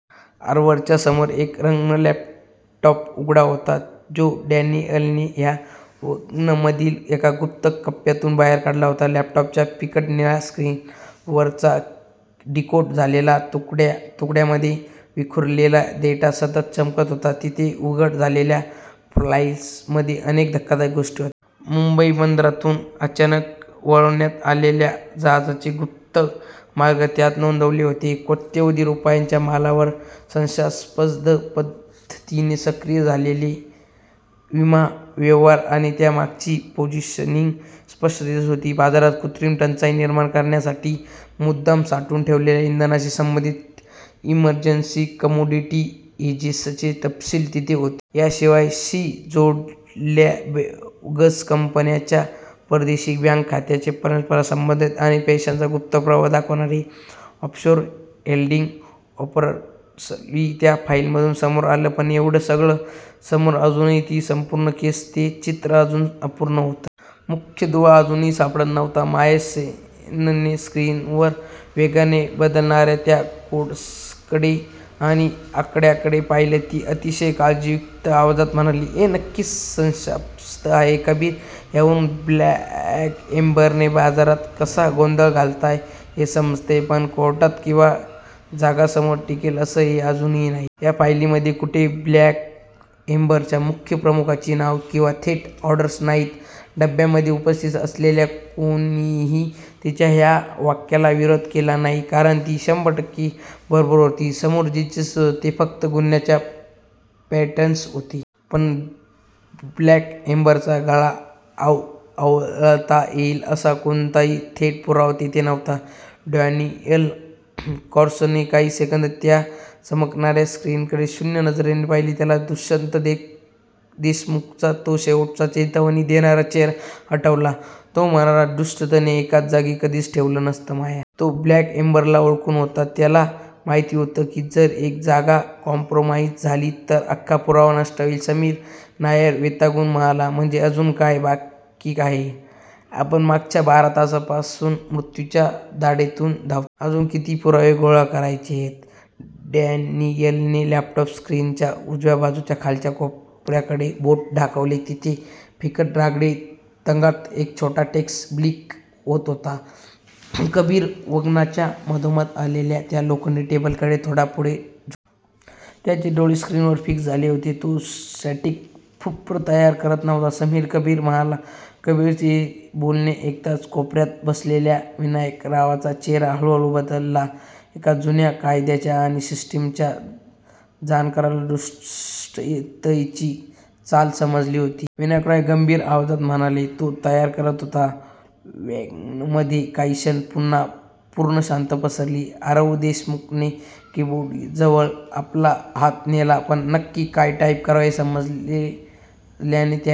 आरवच्या समोर एक रग्ड लॅपटॉप उघडा होता, जो डॅनियलने या वॅगनमधील एका गुप्त कप्प्यातून बाहेर काढला होता. लॅपटॉपच्या फिकट निळ्या स्क्रीनवर चा डिकोड झालेला, तुकड्या-तुकड्यांमध्ये विखुरलेला डेटा सतत चमकत होता. तिथे उघड झालेल्या फाईल्समध्ये अनेक धक्कादायक गोष्टी होत्या. मुंबई बंदरातून अचानक वळवण्यात आलेल्या जहाजांचे गुप्त मार्ग त्यात नोंदवलेले होते. कोट्यवधी रुपयांच्या मालावर संशयास्पद पद्धतीने सक्रिय झालेले विमा व्यवहार आणि त्यामागची पोझिशनिंग स्पष्ट दिसत होती. बाजारात कृत्रिम टंचाई निर्माण करण्यासाठी मुद्दाम साठवून ठेवलेल्या इंधनाशी संबंधित इमर्जन्सी कमोडिटी हेजेसचे तपशील तिथे होते. याशिवाय, शी जोडलेल्या बोगस कंपन्यांच्या परदेशी बँक खात्यांचे परस्पर संबंध आणि पैशांचा गुप्त प्रवाह दाखवणारे ऑफशोर होल्डिंग ओव्हरलॅप्सही त्या फाईल्समधून समोर आले. पण एवढं सगळं समोर असूनही ती संपूर्ण केस, ते चित्र अजूनही अपूर्ण होतं. मुख्य दुवा अजूनही सापडत नव्हता. माया सेनने स्क्रीनवर वेगाने बदलणाऱ्या त्या कोड्सकडे आणि आकड्यांकडे पाहिले. ती अतिशय काळजीयुक्त आवाजात म्हणाली, "हे नक्कीच संशयास्पद आहे, कबीर. यावरून ब्लॅक एम्बरने बाजारात कसा गोंधळ घातलाय हे समजतंय पण कोर्टात किंवा जगासमोर टिकेल असं हे अजूनही नाहीये. या फायलींमध्ये कुठेही ब्लॅक एम्बरच्या मुख्य प्रमुखांची नावं किंवा थेट ऑर्डर्स नाहीत. "डब्यामध्ये उपस्थित असलेल्या कोणीही तिच्या या वाक्याला विरोध केला नाही. कारण ती शंभर टक्के बरोबर होती. समोर जे दिसत होतं, ते फक्त गुन्ह्याचे पॅटर्न्स होते. पण ब्लॅक एम्बरचा गळा आवळता येईल, असा कोणताही थेट पुरावा तिथे नव्हता. डॅनियल क्रॉसने काही सेकंद त्या चमकणाऱ्या स्क्रीनकडे शून्य नजरेने पाहिले. त्याला दुष्यंत देशमुखांचा तो शेवटचा चेतावणी देणारा चेहरा आठवला. तो म्हणाला, "दुष्यंतने एकाच जागी कधीच ठेवलं नसतं, माया. तो ब्लॅक एम्बरला ओळखून होता. त्याला माहिती होतं की जर एक जागा कॉम्प्रमाईज्ड झाली, तर अख्खा पुरावा नष्ट होईल." समीर नायर वैतागून म्हणाला, "म्हणजे अजून काय बाकी आहे? आपण मागच्या बारा तासांपासून मृत्यूच्या दाढेतून धावतोय. अजून किती पुरावे गोळा करायचेत?" डॅनियलने लॅपटॉप स्क्रीनच्या उजव्या बाजूच्या खालच्या कोपऱ्याकडे बोट दाखवलं. तिथे फिकट राखाडी रंगात एक छोटा टेक्स्ट ब्लिंक होत होता. कबीर वॅगनच्या मधोमध असलेल्या त्या लोखंडी टेबलकडे थोडा पुढे झुकला. त्याचे डोळे स्क्रीनवर फिक्स झाले होते. "तो स्टॅटिक प्रूफ तयार करत नव्हता, समीर" कबीर म्हणाला. कबीरचे हे बोलणे ऐकताच कोपऱ्यात बसलेल्या विनायकरावांचा चेहरा हळूहळू बदलला. एका जुन्या कायद्याच्या आणि सिस्टिमच्या जाणकाराला दुष्यंतची चाल समजली होती. विनायकराव गंभीर आवाजात म्हणाले, "तो तयार करत होता." वॅगनमध्ये काही क्षण पुन्हा पूर्ण शांतता पसरली. आरव देशमुखने कीबोर्डजवळ आपला हात नेला, पण नक्की काय टाईप करावं हे न समजल्याने त्याने